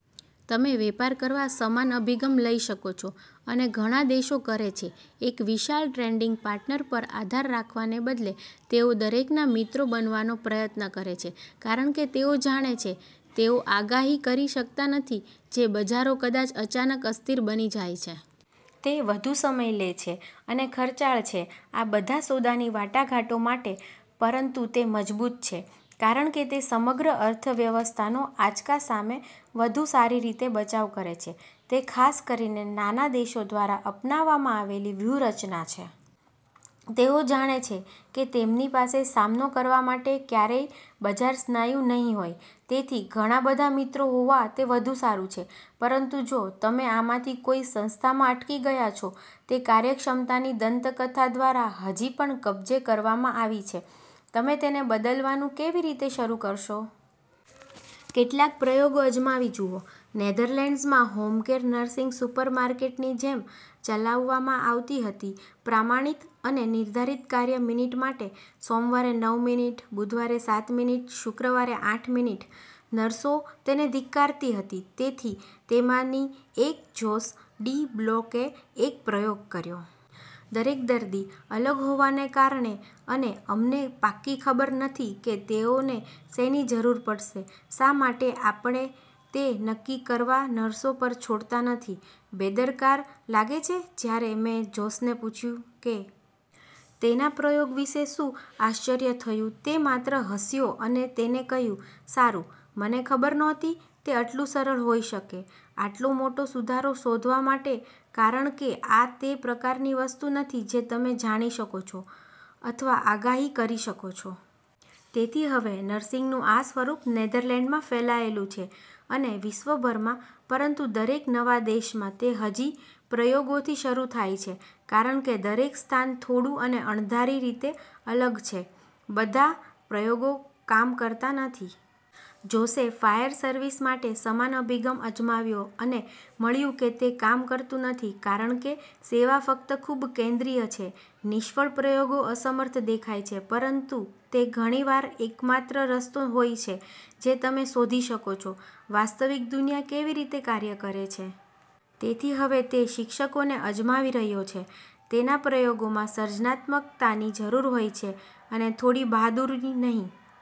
તમે વેપાર કરવા સમાન અભિગમ લઈ શકો છો અને ઘણા દેશો કરે છે. એક વિશાળ ટ્રેડિંગ પાર્ટનર પર આધાર રાખવાને બદલે તેઓ દરેકના મિત્રો બનવાનો પ્રયત્ન કરે છે કારણ કે તેઓ જાણે છે તેઓ આગાહી કરી શકતા નથી જે બજારો કદાચ અચાનક અસ્થિર બની જાય છે. તે વધુ સમય લે છે અને ખર્ચાળ છે આ બધા સોદાની વાટાઘાટો માટે પરંતુ તે મજબૂત છે કારણ કે તે સમગ્ર અર્થવ્યવસ્થાનો આંચકા સામે વધુ સારી રીતે બચાવ કરે છે. તે ખાસ કરીને નાના દેશો દ્વારા અપનાવવામાં આવેલી વ્યૂહરચના છે. તેઓ જાણે છે કે તેમની પાસે સામનો કરવા માટે ક્યારેય બજાર સ્નાયુ નહીં હોય. તેથી ઘણા મિત્રો હોવા તે વધુ સારું છે. પરંતુ જો તમે આમાંથી કોઈ સંસ્થામાં અટકી ગયા છો તે કાર્યક્ષમતાની દંતકથા દ્વારા હજી પણ કબજે કરવામાં આવી છે, તમે તેને બદલવાનું કેવી રીતે શરૂ કરશો? કેટલાક પ્રયોગો અજમાવી જુઓ. નેધરલેન્ડ્સમાં હોમ કેર નર્સિંગ સુપરમાર્કેટની જેમ ચલાવવામાં આવતી હતી પ્રમાણિત અને નિર્ધારિત કાર્ય મિનિટ માટે, સોમવારે નવ મિનિટ, બુધવારે સાત મિનિટ, શુક્રવારે આઠ મિનિટ. નર્સો તેને ધિક્કારતી હતી. તેથી તેમાંની એક જોસ ડી બ્લોકે એક પ્રયોગ કર્યો. દરેક દર્દી અલગ હોવાને કારણે અને અમને પાક્કી ખબર નથી કે તેઓને શેની જરૂર પડશે. શા માટે આપણે તે નક્કી કરવા નર્સો પર છોડતા નથી? બેદરકાર લાગે છે? જ્યારે મેં જોસને પૂછ્યું કે તેનાં પ્રયોગ વિશે શું આશ્ચર્ય થયું, તે માત્ર હસ્યો અને તેણે કહ્યું, "સારું, મને ખબર નહોતી તે આટલું સરળ હોઈ શકે આટલો મોટો સુધારો શોધવા માટે કારણ કે આ તે પ્રકારની વસ્તુ નથી જે તમે જાણી શકો છો અથવા આગાહી કરી શકો છો. તેથી હવે નર્સિંગનું આ સ્વરૂપ નેધરલેન્ડ્ઝમાં ફેલાયેલું છે અને વિશ્વભરમાં. પરંતુ દરેક નવા દેશમાં તે હજી પ્રયોગોથી શરૂ થાય છે કારણ કે દરેક સ્થાન થોડું અને અણધારી રીતે અલગ છે. બધા પ્રયોગો કામ કરતા નથી. જોસે ફાયર સર્વિસ માટે સમાન અભિગમ અજમાવ્યો અને મળ્યું કે તે કામ કરતું નથી કારણ કે સેવા ફક્ત ખૂબ કેન્દ્રિય છે. નિષ્ફળ પ્રયોગો અસમર્થ દેખાય છે પરંતુ તે ઘણી વાર એકમાત્ર રસ્તો હોય છે જે તમે શોધી શકો છો વાસ્તવિક દુનિયા કેવી રીતે કાર્ય કરે છે. તેથી હવે તે શિક્ષકોને આજમાવી રહ્યો છે. તેના પ્રયોગોમાં સર્જનાત્મકતાની જરૂર હોય છે અને થોડી બહાદુરી નહીં.